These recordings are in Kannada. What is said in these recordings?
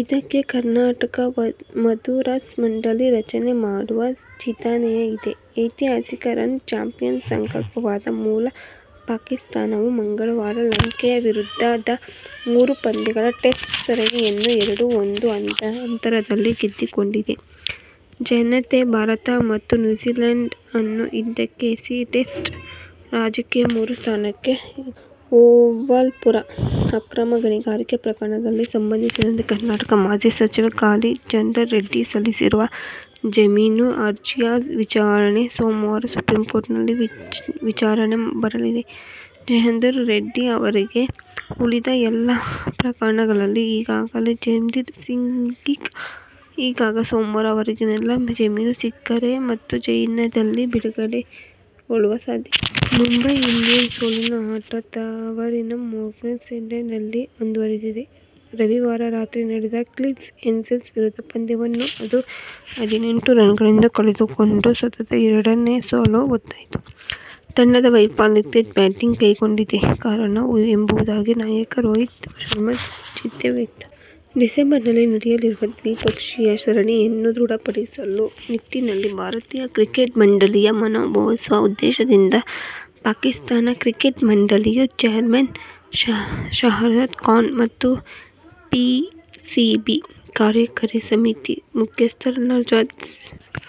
ಇದಕ್ಕಾಗಿ ಕರ್ನಾಟಕ ಮದರಸಾ ಮಂಡಳಿ ರಚನೆ ಮಾಡುವ ಚಿಂತನೆಯೂ ಇದೆ. ಐತಿಹಾಸಿಕ ರನ್ ಚೇಸ್ನಲ್ಲಿ ಸಫಲವಾಗುವ ಮೂಲಕ ಪಾಕಿಸ್ಥಾನವು ಮಂಗಳವಾರ ಲಂಕೆಯ ವಿರುದ್ಧದ ಮೂರು ಪಂದ್ಯಗಳ ಟೆಸ್ಟ್ ಸರಣಿಯನ್ನು ಎರಡು-ಒಂದು ಅಂತರದಲ್ಲಿ ಗೆದ್ದುಕೊಂಡಿದೆ. ಜತೆಗೆ ಭಾರತ ಮತ್ತು ನ್ಯೂಜೀಲ್ಯಾಂಡ್ ಅನ್ನು ಹಿಂದಿಕ್ಕಿ ಐಸಿಸಿ ಟೆಸ್ಟ್ ರಾಂಕಿಂಗ್ನಲ್ಲಿ ಮೂರನೇ ಸ್ಥಾನಕ್ಕೆ ಜಿಗಿದಿದೆ. ಓಬಳಾಪುರಂ ಅಕ್ರಮ ಗಣಿಗಾರಿಕೆ ಪ್ರಕರಣಕ್ಕೆ ಸಂಬಂಧಿಸಿದಂತೆ ಕರ್ನಾಟಕದ ಮಾಜಿ ಸಚಿವ ಗಾಲಿ ಜನಾರ್ದನ ರೆಡ್ಡಿ ಸಲ್ಲಿಸಿರುವ ಜಾಮೀನು ಅರ್ಜಿಯ ವಿಚಾರಣೆ ಸೋಮವಾರ ಸುಪ್ರೀಂಕೋರ್ಟ್ನಲ್ಲಿ ವಿಚಾರಣೆಗೆ ಬರಲಿದೆ. ಜನಾರ್ದನ ರೆಡ್ಡಿ ಅವರಿಗೆ ಉಳಿದ ಎಲ್ಲ ಪ್ರಕರಣಗಳಲ್ಲಿ ಈಗಾಗಲೇ ಜಾಮೀನು ಸಿಕ್ಕಿದೆ. ಹೀಗಾಗಿ ಸೋಮವಾರ ಅವರಿಗೇನಾದರೂ ಜಾಮೀನು ಸಿಕ್ಕರೆ ಅವರು ಜೈಲಿನಿಂದ ಬಿಡುಗಡೆಯಾಗುವ ಸಾಧ್ಯತೆ ಇದೆ. ಮುಂಬೈ ಇಂಡಿಯನ್ಸ್ನ ಸೋಲಿನ ಆಟ ತವರಿನ ವಾಂಖೇಡೆ ಸ್ಟೇಡಿಯಂನಲ್ಲೂ ಮುಂದುವರಿದಿದೆ. ರವಿವಾರ ರಾತ್ರಿ ನಡೆದ ಕಿಂಗ್ಸ್ ಇಲೆವೆನ್ ವಿರುದ್ಧದ ಪಂದ್ಯವನ್ನು ಅದು ಹದಿನೆಂಟು ರನ್ನುಗಳಿಂದ ಕಳೆದುಕೊಂಡು ಸತತ ಎರಡನೇ ಸೋಲಿಗೆ ತುತ್ತಾಯಿತು. ತಂಡದ ವೈಫಲ್ಯಕ್ಕೆ ಬ್ಯಾಟಿಂಗ್ ಕೈಕೊಟ್ಟದ್ದೇ ಕಾರಣ ಎಂಬುದಾಗಿ ನಾಯಕ ರೋಹಿತ್ ಶರ್ಮ ಚಿಂತೆ ವ್ಯಕ್ತಪಡಿಸಿದ್ದಾರೆ. ಡಿಸೆಂಬರ್ನಲ್ಲಿ ನಡೆಯಲಿರುವ ದ್ವಿಪಕ್ಷೀಯ ಸರಣಿಯನ್ನು ದೃಢಪಡಿಸುವ ನಿಟ್ಟಿನಲ್ಲಿ ಭಾರತೀಯ ಕ್ರಿಕೆಟ್ ಮಂಡಳಿ ಯ ಮನವೊಲಿಸುವ ಉದ್ದೇಶದಿಂದ ಪಾಕಿಸ್ಥಾನ ಕ್ರಿಕೆಟ್ ಮಂಡಳಿ ಯ ಚೇರ್ಮನ್ ಶಹರ್ಯಾರ್ ಖಾನ್ ಮತ್ತು ಪಿಸಿಬಿ ಕಾರ್ಯಕಾರಿ ಸಮಿತಿ ಮುಖ್ಯಸ್ಥ ನಜಮ್ ಸೇಥಿ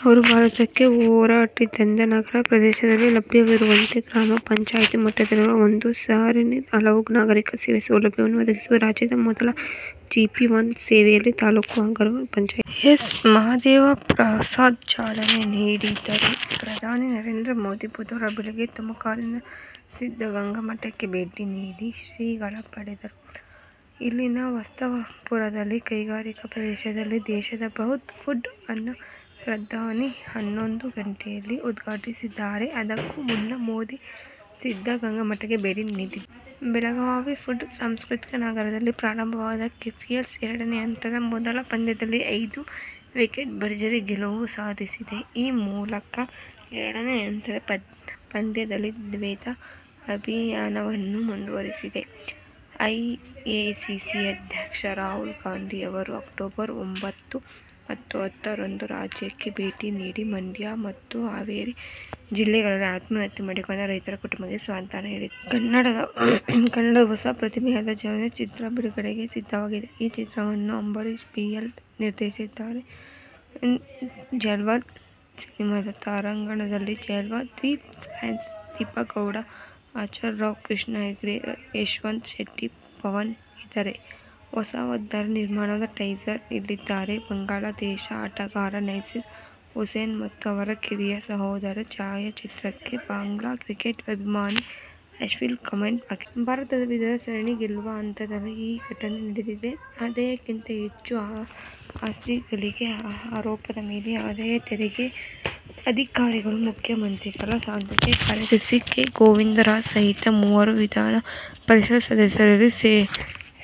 ಅವರು ಭಾರತಕ್ಕೆ ಹೊರಟಿದ್ದಾರೆ. ನಗರ ಪ್ರದೇಶಗಳಲ್ಲಿ ಲಭ್ಯವಿರುವಂತೆ ಗ್ರಾಮ ಪಂಚಾಯಿತಿ ಮಟ್ಟದಲ್ಲಿಯೂ ಒಂದೇ ಸೂರಿನಡಿ ಹಲವು ನಾಗರಿಕ ಸೇವಾ ಸೌಲಭ್ಯವನ್ನು ಒದಗಿಸಲಿರುವ ರಾಜ್ಯದ ಮೊದಲ ಜಿಪಿ-ಒನ್ ಸೇವೆಗೆ ತಾಲೂಕಿನ ಹಂಗಳ ಗ್ರಾಮ ಪಂಚಾಯಿತಿಯಲ್ಲಿ ಸಹಕಾರ, ಸಕ್ಕರೆ ಸಚಿವ ಎಚ್. ಎಸ್. ಮಹದೇ ವಪ್ರಸಾದ್ ಚಾಲನೆ ನೀಡಿದರು. ಪ್ರಧಾನಿ ನರೇಂದ್ರ ಮೋದಿ ಬುಧವಾರ ಬೆಳಿಗ್ಗೆ ತುಮಕೂರಿನ ಸಿದ್ಧಗಂಗಾ ಮಠಕ್ಕೆ ಭೇಟಿ ನೀಡಿ ಶ್ರೀಗಳ ಪಡೆದರು. ಇಲ್ಲಿನ ವಸಂತನರಸಾಪುರದ ಕೈಗಾರಿಕಾ ಪ್ರದೇಶದಲ್ಲಿನ ದೇಶದ ಬೃಹತ್ ಫುಡ್ ಅನ್ನು ಪ್ರಧಾನಿ ಹನ್ನೊಂದು ಗಂಟೆಗೆ ಉದ್ಘಾಟಿಸಲಿದ್ದಾರೆ. ಅದಕ್ಕೂ ಮುನ್ನ ಮೋದಿ ಸಿದ್ದಗಂಗಾ ಮಠಕ್ಕೆ ಭೇಟಿ ನೀಡಿದರು. ಬೆಳಗಾವಿ ಪ್ಯಾಂಥರ್ ಸಾಂಸ್ಕೃತಿಕ ನಗರಿಯಲ್ಲಿ ಆರಂಭವಾಗಿರುವ ಕೆಪಿಎಲ್ನ ಎರಡನೇ ಹಂತದ ಮೊದಲ ಪಂದ್ಯದಲ್ಲಿ ಐದು ವಿಕೆಟ್ಗಳ ಭರ್ಜರಿ ಗೆಲುವು ಗಳಿಸಿದೆ. ಈ ಮೂಲಕ ಎರಡನೇ ಹಂತದ ಪಂದ್ಯದಲ್ಲಿ ದೈತ್ಯ ಅಭಿಯಾನವನ್ನು ಮುಂದುವರಿಸಿದೆ. ಎಐಸಿಸಿ ಉಪಾಧ್ಯಕ್ಷ ರಾಹುಲ್ ಗಾಂಧಿ ಅವರು ಅಕ್ಟೋಬರ್ ಒಂಬತ್ತು ಮತ್ತು ಹತ್ತು ರಂದು ರಾಜ್ಯಕ್ಕೆ ಭೇಟಿ ನೀಡಿ ಮಂಡ್ಯ ಮತ್ತು ಹಾವೇರಿ ಜಿಲ್ಲೆಗಳಲ್ಲಿ ಆತ್ಮಹತ್ಯೆ ಮಾಡಿಕೊಂಡ ರೈತ ಕುಟುಂಬಗಳಿಗೆ ಸಾಂತ್ವನ ಹೇಳಲಿದ್ದಾರೆ. ಕನ್ನಡದ ಹೊಸ ಪ್ರತಿಭೆಗಳ ಜ್ವಲಂತಂ ಚಿತ್ರ ಬಿಡುಗಡೆಗೆ ಸಿದ್ಧವಾಗಿದೆ. ಈ ಚಿತ್ರವನ್ನು ಅಂಬರೀಶ್ ಬಿಎಂ ನಿರ್ದೇಶಿಸಿದ್ದಾರೆ. ಜ್ವಲಂತಂ ಸಿನಿಮಾದ ತಾರಾಗಣದಲ್ಲಿ ಜ್ವಾಲಾ, ದೀಪ್ತಿ ಕಾಪ್ಸೆ, ದೀಪಾ ಗೌಡ, ಅಚ್ಯುತ್ ರಾವ್, ಕೃಷ್ಣಾ ಅಡಿಗಾ, ಯಶವಂತ್ ಶೆಟ್ಟಿ, ಪವನ್ ಇದ್ದಾರೆ. ಹೊಸಬರ ಸಿನಿಮಾದ ಟ್ರೈಲರ್ ಇಲ್ಲಿದೆಫೇಸ್ಬುಕ್ನಲ್ಲಿ ಬಾಂಗ್ಲಾದೇಶ ಆಟಗಾರ ನಾಸೀರ್ ಹುಸೇನ್ ಮತ್ತು ಅವರ ಕಿರಿಯ ಸಹೋದರಿಯ ಛಾಯಾಚಿತ್ರಕ್ಕೆ ಬಾಂಗ್ಲಾ ಕ್ರಿಕೆಟ್ ಅಭಿಮಾನಿಗಳು ಅಶ್ಲೀಲ ಕಮೆಂಟ್ ಹಾಕಿದ್ದಾರೆ. ಭಾರತದ ವಿರುದ್ಧ ಸರಣಿ ಗೆಲುವಿನ ಅನಂತರ ಈ ಘಟನೆ ನಡೆದಿದೆ. ಆದಾಯಕ್ಕಿಂತ ಹೆಚ್ಚು ಆಸ್ತಿ ಗಳಿಕೆ ಆರೋಪದ ಮೇಲೆ ಆದಾಯ ತೆರಿಗೆ ಅಧಿಕಾರಿಗಳು ಮುಖ್ಯಮಂತ್ರಿಗಳ ಸಂಸದೀಯ ಕಾರ್ಯದರ್ಶಿ ಕೆ. ಗೋವಿಂದರಾಜು ಸಹಿತ ಮೂವರು ವಿಧಾನ ಪರಿಷತ್ ಸದಸ್ಯರಿಗೆ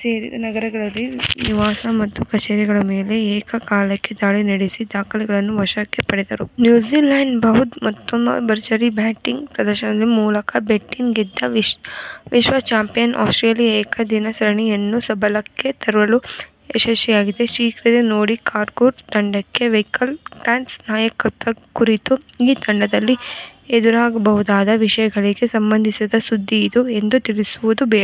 ಸೇರಿದ ನಗರದಲ್ಲಿನ ನಿವಾಸ ಮತ್ತು ಕಚೇರಿಗಳ ಮೇಲೆ ಏಕಕಾಲಕ್ಕೆ ದಾಳಿ ನಡೆಸಿ ದಾಖಲೆಗಳನ್ನು ವಶಕ್ಕೆ ಪಡೆದಿದ್ದಾರೆ. ನ್ಯೂಜಿಲ್ಯಾಂಡಿನ ಬೃಹತ್ ಮೊತ್ತವನ್ನು ಭರ್ಜರಿ ಬ್ಯಾಟಿಂಗ್ ಪ್ರದರ್ಶನದ ಮೂಲಕ ಬೆನ್ನಟ್ಟಿ ಗೆದ್ದ ವಿಶ್ವ ಚಾಂಪಿಯನ್ ಆಸ್ಟ್ರೇಲಿಯ ಏಕದಿನ ಸರಣಿಯನ್ನು ಸಮಬಲಕ್ಕೆ ತರುವಲ್ಲಿ ಯಶಸ್ವಿಯಾಗಿದೆ. ಶೀರ್ಷಿಕೆ ನೋಡಿ ಕಾಂಗರೂಗಳ ತಂಡಕ್ಕೆ ಮೈಕೆಲ್ ಕ್ಲಾರ್ಕ್ ನಾಯಕತ್ವದ ಕುರಿತು ಆ ತಂಡದಲ್ಲಿ ಎದ್ದಿರಬಹುದಾದ ವಿವಾದಗಳಿಗೆ ಸಂಬಂಧಿಸಿದ ಸುದ್ದಿಯಿದು ಎಂದು ತಿಳಿಯುವುದು ಬೇಡ.